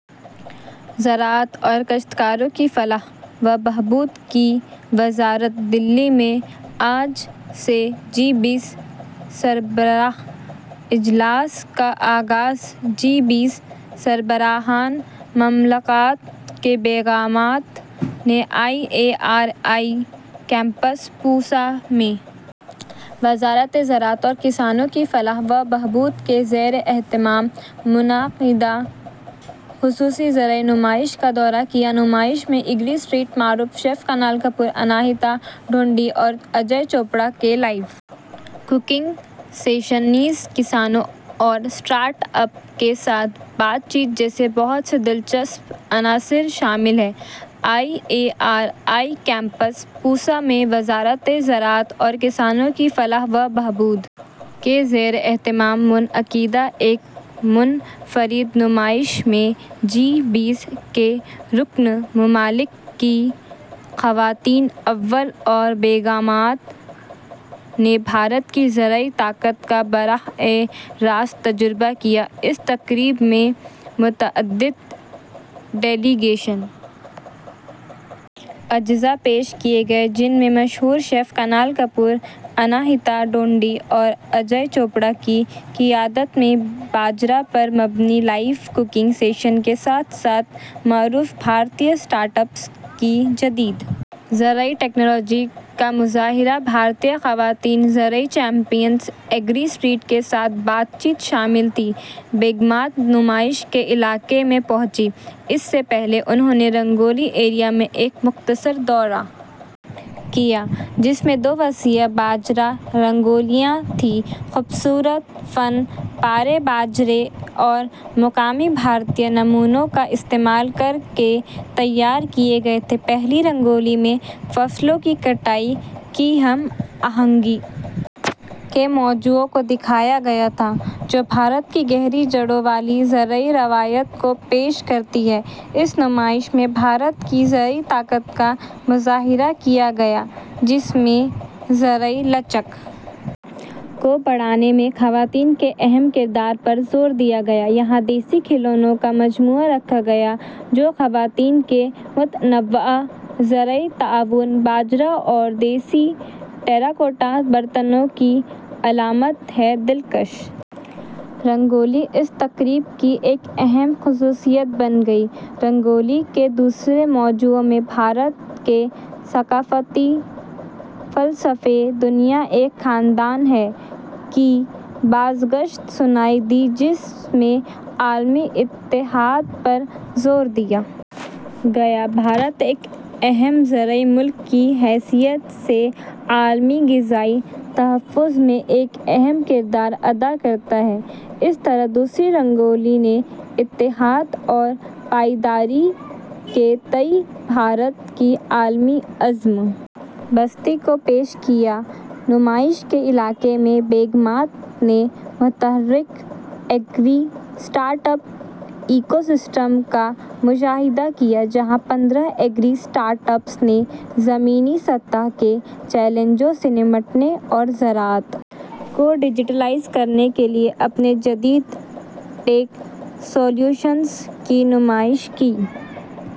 زراعت اور کاشتکاروں کی فلاح و بہبود کی وزارت دہلی میں آج سے جی بیس سربراہ اجلاس کا آغاز جی بیس سربراہان مملکت کی بیگمات نے I A R I campus Pusa میں وزارت زراعت اور کسانوں کی فلاح و بہبود کے زیر اہتمام منعقدہ خصوصی زرعی نمائش کا دورہ کیا نمائش میں ایگری اسٹریٹ معروف شیفز کنال کپور اناہیتا ڈھونڈی اور اجے چوپڑا کے لائیو ککنگ سیشن نیز کسانوں اور اسٹارٹ اپ کے ساتھ بات چیت جیسے بہت سے دلچسپ عناصر شامل ہیں I A R I campus Pusa میں وزارت زراعت اور کسانوں کی فلاح و بہبود کے زیر اہتمام منعقدہ ایک منفرد نمائش میں جی بیس کے رکن ممالک کی خواتین اول اور بیگمات نے بھارت کی زرعی طاقت کا براہ راست تجربہ کیا اس تقریب میں متعدد ڈیلیگیشن اجزا پیش کیے گئے جن میں مشہور شیف کنال کپور انتہا ڈھونڈی اور اجے چوپڑا کی قیادت میں باجرا پر مبنی لائیو ککنگ سیشن کے ساتھ ساتھ معروف بھارتی اسٹارٹ اپس کی جدید زرعی ٹکنالوجی کا مظاہرہ بھارتی خواتین زرعی چیمپیئنز ایگری اسٹریٹ کے ساتھ بات چیت شامل تھی بیگمات نمائش کے علاقے میں پہنچیں اس سے پہلے انہوں نے رنگولی ایریا میں ایک مختصر دورہ کیا جس میں دو وسیع باجرا رنگولیاں تھیں خوبصورت فن پارے باجرے اور مقامی بھارتی نمونوں کا استعمال کر کے تیار کیے گئے تھے پہلی رنگولی میں فصلوں کی کٹائی کی ہم آہنگی کے موضوع کو دکھایا گیا تھا جو بھارت کی گہری جڑوں والی زرعی روایات کو پیش کرتی ہے اس نمائش میں بھارت کی زرعی طاقت کا مظاہرہ کیا گیا جس میں زرعی لچک کو بڑھانے میں خواتین کے اہم کردار پر زور دیا گیا یہاں دیسی کھلونوں کا مجموعہ رکھا گیا جو خواتین کے متنوع زرعی تعاون باجرا اور دیہی ٹیراکوٹا برتنوں کی علامت ہے دلکش رنگولی اس تقریب کی ایک اہم خصوصیت بن گئی رنگولی کے دوسرے موضوع میں بھارت کے ثقافتی فلسفے دنیا ایک خاندان ہے کی بازگشت سنائی دی جس میں عالمی اتحاد پر زور دیا گیا بھارت ایک اہم زرعی ملک کی حیثیت سے عالمی غذائی تحفظ میں ایک اہم کردار ادا کرتا ہے اس طرح دوسری رنگولی نے اتحاد اور پائیداری کے تئیں بھارت کی عالمی عزم بستگی کو پیش کیا نمائش کے علاقے میں بیگمات نے متحرک agri startup ecosystem کا مشاہدہ کیا جہاں پندرہ ایگری اسٹارٹ اپس نے زمینی سطح کے چیلنجوں سے نمٹنے اور زراعت کو ڈیجیٹلائز کرنے کے لیے اپنے جدید ٹیک سلوشنز کی نمائش کی